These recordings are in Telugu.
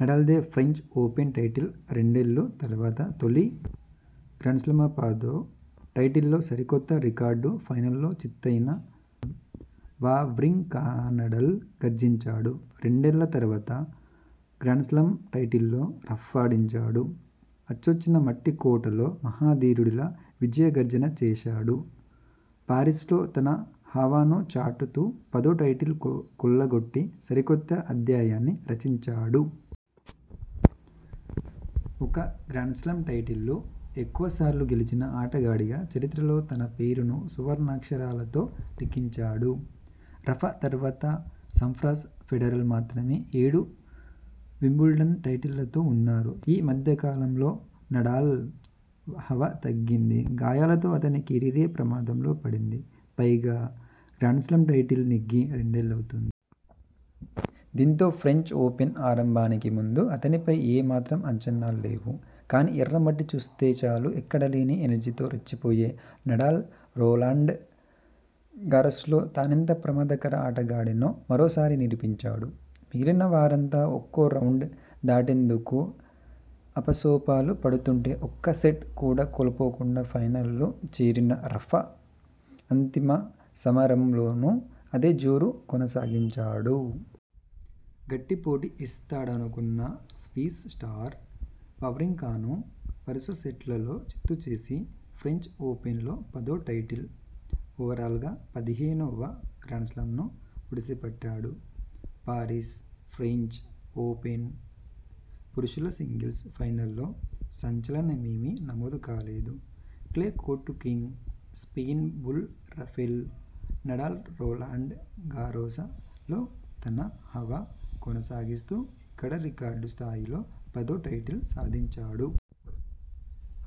నడాల్దే ఫ్రెంచ్ ఓపెన్ టైటిల్ రెండేళ్లు తర్వాత తొలి గ్రాండ్స్లా మ్పదో టైటిల్తో సరికొత్త రికార్డు ఫైనల్లో చిత్తయిన వావ్రింకానడాల్ గర్జించాడు! రెండేళ్ల తర్వాత గ్రాండ్స్లామ్ టైటిల్తో రఫ్ఫాడించాడు! అచ్చొచ్చిన మట్టి కోటలో మహా ధీరుడిలా విజయ గర్జన చేశాడు! పారిస్లో తన హవాను చాటుతూ పదో టైటిల్ కొల్లగొట్టి సరికొత్త అధ్యాయాన్ని రచించాడు! ఒక గ్రాండ్స్లామ్ టైటిల్ను ఎక్కువసార్లు గెలిచిన ఆటగాడిగా చరిత్రలో తన పేరును సువర్ణాక్షరాలతో లిఖించాడు! రఫా తర్వాత సంప్రాస్, ఫెడరర్ మాత్రమే ఏడు వింబుల్డన్ టైటిళ్లతో ఉన్నారు. ఈ మధ్యకాలంలో నడాల్ హవా తగ్గింది. గాయాలతో అతని కెరీరే ప్రమాదంలో పడింది. పైగా గ్రాండ్స్లామ్ టైటిల్ నెగ్గి రెండేళ్లవుతోంది. దీంతో ఫ్రెంచ్ ఓపెన్ ఆరంభానికి ముందు అతనిపై ఏమాత్రం అంచనాల్లేవు. కానీ ఎర్రమట్టి చూస్తేచాలు ఎక్కడ లేని ఎనర్జీతో రెచ్చిపోయే నడాల్ రొలాండ్ గారోస్లో తానెంత ప్రమాదకర ఆటగాడినో మరోసారి నిరూపించాడు. మిగిలిన వారంతా ఒక్కోరౌండ్ దాటేందుకు ఆపసోపాలు పడుతుంటే ఒక్క సెట్ కూడా కోల్పోకుండా ఫైనల్కు చేరిన రఫా అంతిమ సమరంలోనూ అదే జోరు కొనసాగించాడు. గట్టి పోటీ ఇస్తాడనుకున్న స్విస్ స్టార్ వావ్రింకాను వరుస సెట్లలో చిత్తు చేసి ఫ్రెంచ్ ఓపెన్లో పదో టైటిల్, ఓవరాల్గా పదిహేనువ గ్రాండ్స్లామ్ను ఒడిసిపట్టాడు. పారిస్ ఫ్రెంచ్ ఓపెన్ పురుషుల సింగిల్స్ ఫైనల్లో సంచలనమేమీ నమోదు కాలేదు. Clay court king, Spain bull Rafael Nadal Roland Garros లో తన హవా కొనసాగిస్తూ ఇక్కడ రికార్డు స్థాయిలో పదో టైటిల్ సాధించాడు.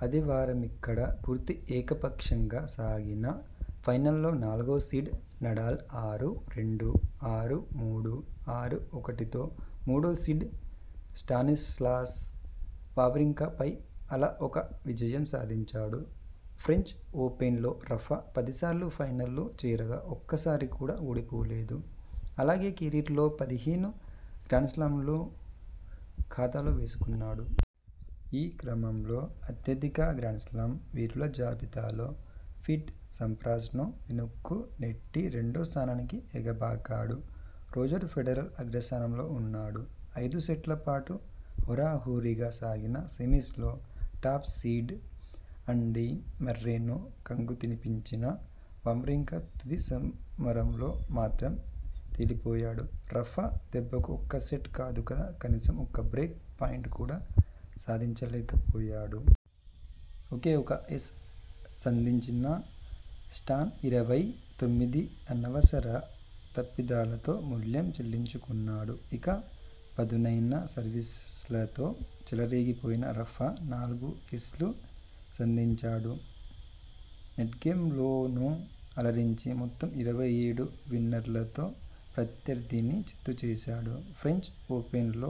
ఆదివారమిక్కడ పూర్తి ఏకపక్షంగా సాగిన ఫైనల్లో నాలుగో సీడ్ నడాల్ ఆరు-రెండు, ఆరు-మూడు, ఆరు-ఒకటితో మూడోసీడ్ స్టానిస్లాస్ వావ్రింకా పై అలవోక విజయం సాధించాడు. ఫ్రెంచ్ ఓపెన్లో రఫా పదిసార్లు ఫైనల్కు చేరగా ఒక్కసారి కూడా ఓడిపోలేదు. అలాగే కెరీర్లో పదిహేను గ్రాండ్స్లామ్ను ఖాతాలో వేసుకున్నాడు. ఈ క్రమంలో అత్యధిక గ్రాండ్స్లామ్ వీరుల జాబితాలో పీట్ సంప్రాస్ ను వెనక్కునెట్టి రెండో స్థానానికి ఎగబాకాడు. రోజర్ ఫెడరర్ అగ్రస్థానంలో ఉన్నాడు. ఐదుసెట్లపాటు హోరాహోరీగా సాగిన సెమీస్ లో టాప్ సీడ్ ఆండీ మర్రేను కంగుతినిపించిన వావ్రింకా తుది సమరంలో మాత్రం తేలిపోయాడు. రఫా దెబ్బకు ఒక్క సెట్ కాదు కదా కనీసం ఒక్క బ్రేక్ పాయింట్ కూడా సాధించలేక పోయాడు. ఒకే ఒక ఏస్ సంధించిన స్టాన్ ఇరవై తొమ్మిది అనవసర తప్పిదాలతో మూల్యం చెల్లించుకున్నాడు. ఇక పదునైన సర్వీస్లతో చెలరేగిపోయిన రఫా నాలుగు ఏస్లు సంధించాడు. నెట్గేమ్లోనూ అలరించి మొత్తం ఇరవై ఏడు విన్నర్లతో ప్రత్యర్థిని చిత్తు చేశాడు. ఫ్రెంచ్ ఓపెన్లో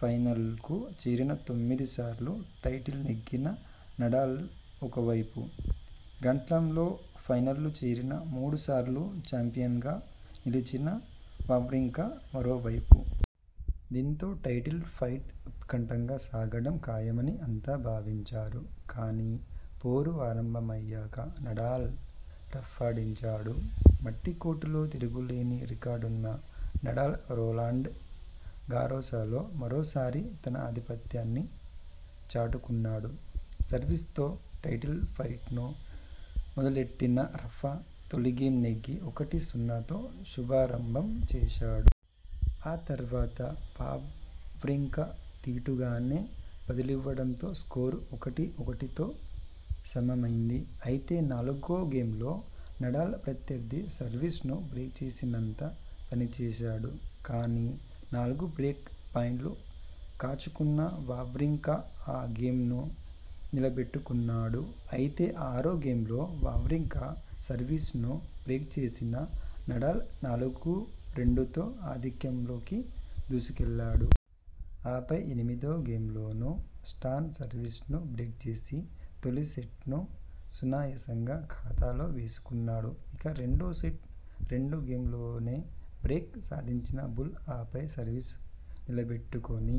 ఫైనల్కు చేరిన తొమ్మిది సార్లూ టైటిల్ నెగ్గిన నడాల్ ఒకవైపు, గ్రాండ్స్లామ్ల్లో ఫైనల్కు చేరిన మూడు సార్లూ చాంపియన్గా నిలిచిన వావ్రింకా మరోవైపు. దీంతో టైటిల్ ఫైట్ ఉత్కంఠగా సాగడం ఖాయమని అంతా భావించారు. కానీ పోరు ఆరంభమయ్యాక నడాల్ రఫాడించాడు. మట్టి కోర్టులో తిరుగులేని రికార్డున్న నడాల్ రొలాండ్ గారోస లో మరోసారి తన ఆధిపత్యాన్ని చాటుకున్నాడు. సర్వీస్ తో టైటిల్ ఫైట్ను మొదలెట్టిన రఫా తొలిగేమ్ నెగ్గి ఒకటి-సున్నాతో శుభారంభం చేశాడు. ఆ తర్వాత వావ్రింకా దీటుగానే బదులివ్వడంతో స్కోరు ఒకటి-ఒకటితో సమమైంది. అయితే నాలుగో గేమ్లో నడాల్ ప్రత్యర్థి సర్వీస్ ను బ్రేక్ చేసినంత పనిచేశాడు. కానీ నాలుగు బ్రేక్ పాయింట్లు కాచుకున్న వావ్రింకా ఆ గేమ్ను నిలబెట్టుకున్నాడు. అయితే ఆరో గేమ్లో వావ్రింకా సర్వీస్ ను బ్రేక్ చేసిన నడాల్ నాలుగు-రెండుతో ఆధిక్యంలోకి దూసుకెళ్లాడు. ఆపై ఎనిమిదో గేమ్లోనూ స్టాన్ సర్వీస్ ను బ్రేక్ చేసి తొలి సెట్ను సునాయాసంగా ఖాతాలో వేసుకున్నాడు. ఇక రెండో సెట్ రెండో గేమ్లోనే బ్రేక్ సాధించిన బుల్ ఆ పై సర్వీస్ నిలబెట్టుకుని